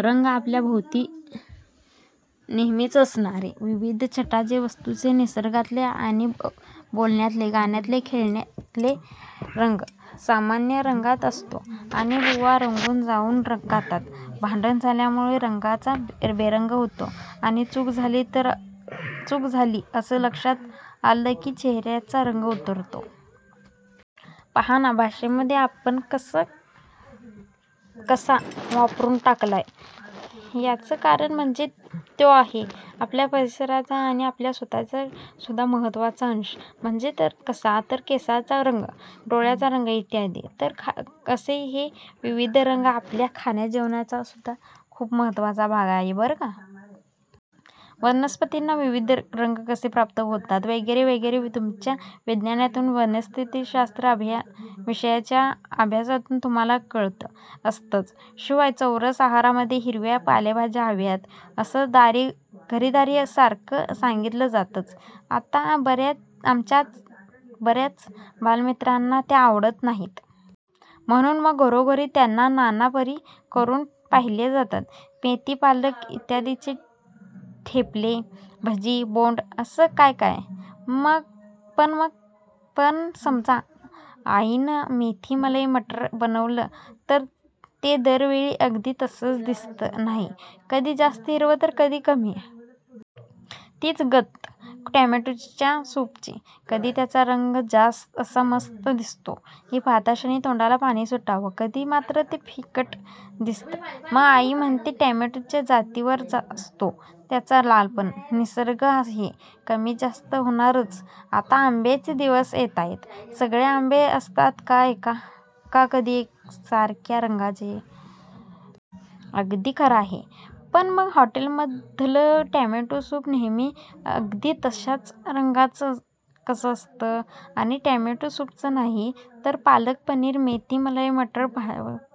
रंग! आपल्या भोवती नेहमीच असणारे. विविध छटांचे, वस्तूंचे, निसर्गातले आणि बोलण्यातले-गाण्यातले-खेळातले रंग! सामना रंगतदार असतो आणि बुवा रंगून जाऊन गातात. भांडण झाल्यामुळे रंगांचा बेरंग होतो आणि 'चूक झाली' असं लक्षात आलं की चेहऱ्याचा रंग उतरतो. पाहा ना! भाषेमध्ये आपण रंग कसा कसा वापरून टाकलाय. याचं कारण म्हणजे तो आहे आपल्या परिसराचा आणि आपल्या स्वतःचा सुद्धा महत्त्वाचा अंश! म्हणजे कसा, तर केसांचा रंग, डोळ्यांचा रंग इत्यादी. तर असे हे विविध रंग आपल्या जेवणा-खाण्याचासुद्धा खूप महत्त्वाचा भाग आहेत बरं का! वनस्पतींना विविध रंग कसे प्राप्त होतात वगैरे वगैरे तुमच्या विज्ञानाच्या, वनस्पतीशास्त्र विषयाच्या अभ्यासातून तुम्हांला कळत असतंच. शिवाय चौरस आहारामध्ये 'हिरव्या पालेभाज्या' हव्यात असं घरी-दारी सारखं सांगितलं जातंच. आता आमच्या बऱ्याच बालमित्रांना त्या आवडत नाहीत. म्हणून मग घरोघरी त्यांच्या नाना परी करून पाहिल्या जातात. मेथी-पालक इत्यादींचे ठेपले, भजी, बोंडं असं काय काय! पण समजा आईनं मेथी-मलई-मटर बनवलं तर ते दरवेळी अगदी तस्सच दिसत नाही. कधी जास्त हिरवं तर कधी कमी. तीच गत टोमॅटोच्या सुपाची. कधी त्याचा रंग असा मस्त दिसतो की पाहताक्षणी तोंडाला पाणी सुटावं. कधी मात्र ते फिकट दिसतं, मग आई म्हणते, 'टोमॅटोच्या जातीवर असतो त्याचा लालपणा. निसर्ग आहे, कमी-जास्त होणारच!' आता आंब्याचे दिवस येताहेत, सगळे आंबे असतात का कधी एकसारख्या रंगाचे? अगदी खरं आहे. पण मग हॉटेलमधलं टोमॅटो सूप नेहमी अगदी तशाच रंगाचं कसं असतं? आणि टोमॅटो सूपच नाही, तर पालक-पनीर, मेथी-मलई-मटर,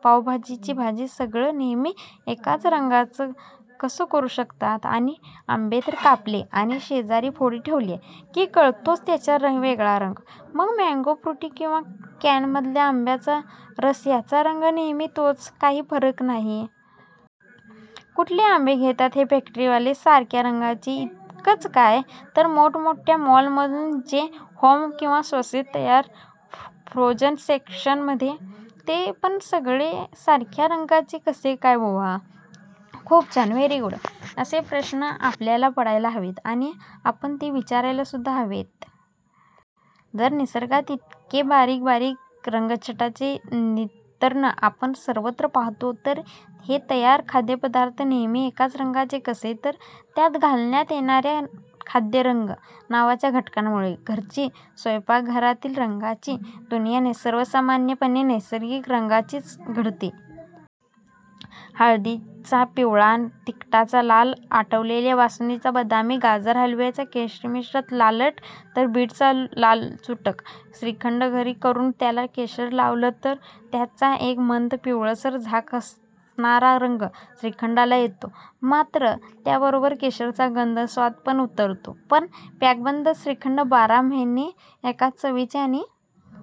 पावभाजीची भाजी सगळं नेहमी एकाच रंगाचं कसं करू शकतात? आणि आंबे तर कापले आणि शेजारी फोडी ठेवल्या की कळतोच त्यांचा वेगळा रंग, मग मँगो फ्रुटी किंवा कॅनमधला आंब्याचा रस ह्यांचा रंग नेहमी तोच, काही फरक नाही. कुठले आंबे घेतात हे फॅक्टरीवाले, सारख्या रंगाचे? इतकंच काय, तर मोठ्या मोठ्या मॉल्समधून जे हॅम किंवा सॉसेस असतात, फ्रोजन सेक्शनमध्ये ते पण सगळे सारख्या रंगाचे कसे काय बुवा? खूप छान, व्हेरी गुड! असे प्रश्न आपल्याला पडायला हवेत आणि आपण ते विचारायलासुद्धा हवेत. जर निसर्गात इतके बारीक बारीक रंगछटांचे नर्तन आपण सर्वत्र पाहतो तर हे तयार खाद्यपदार्थ नेहमी एकाच रंगाचे कसे, तर त्यात घालण्यात येणाऱ्या खाद्यरंग नावाच्या घटकामुळे. घरची, स्वयंपाकघरातील रंगाची दुनिया सर्वसामान्यपणे नैसर्गिक रंगांनीच घडते. हळदीचा पिवळा, तिखटाचा लाल, आटवलेल्या बासुंदीचा बदामी, गाजर हलव्याचा केशरीमिश्रित लालट तर बीटाचा लालचुटुक. श्रीखंड घरी करून त्याला केशर लावलं तर त्याचा एक मंद पिवळसर झाक असणारा रंग श्रीखंडाला येतो. मात्र त्याबरोबर केशराचा गंध, स्वादपण उतरतो. पण पॅकबंद श्रीखंड बारा महिने एका चवीचे आणि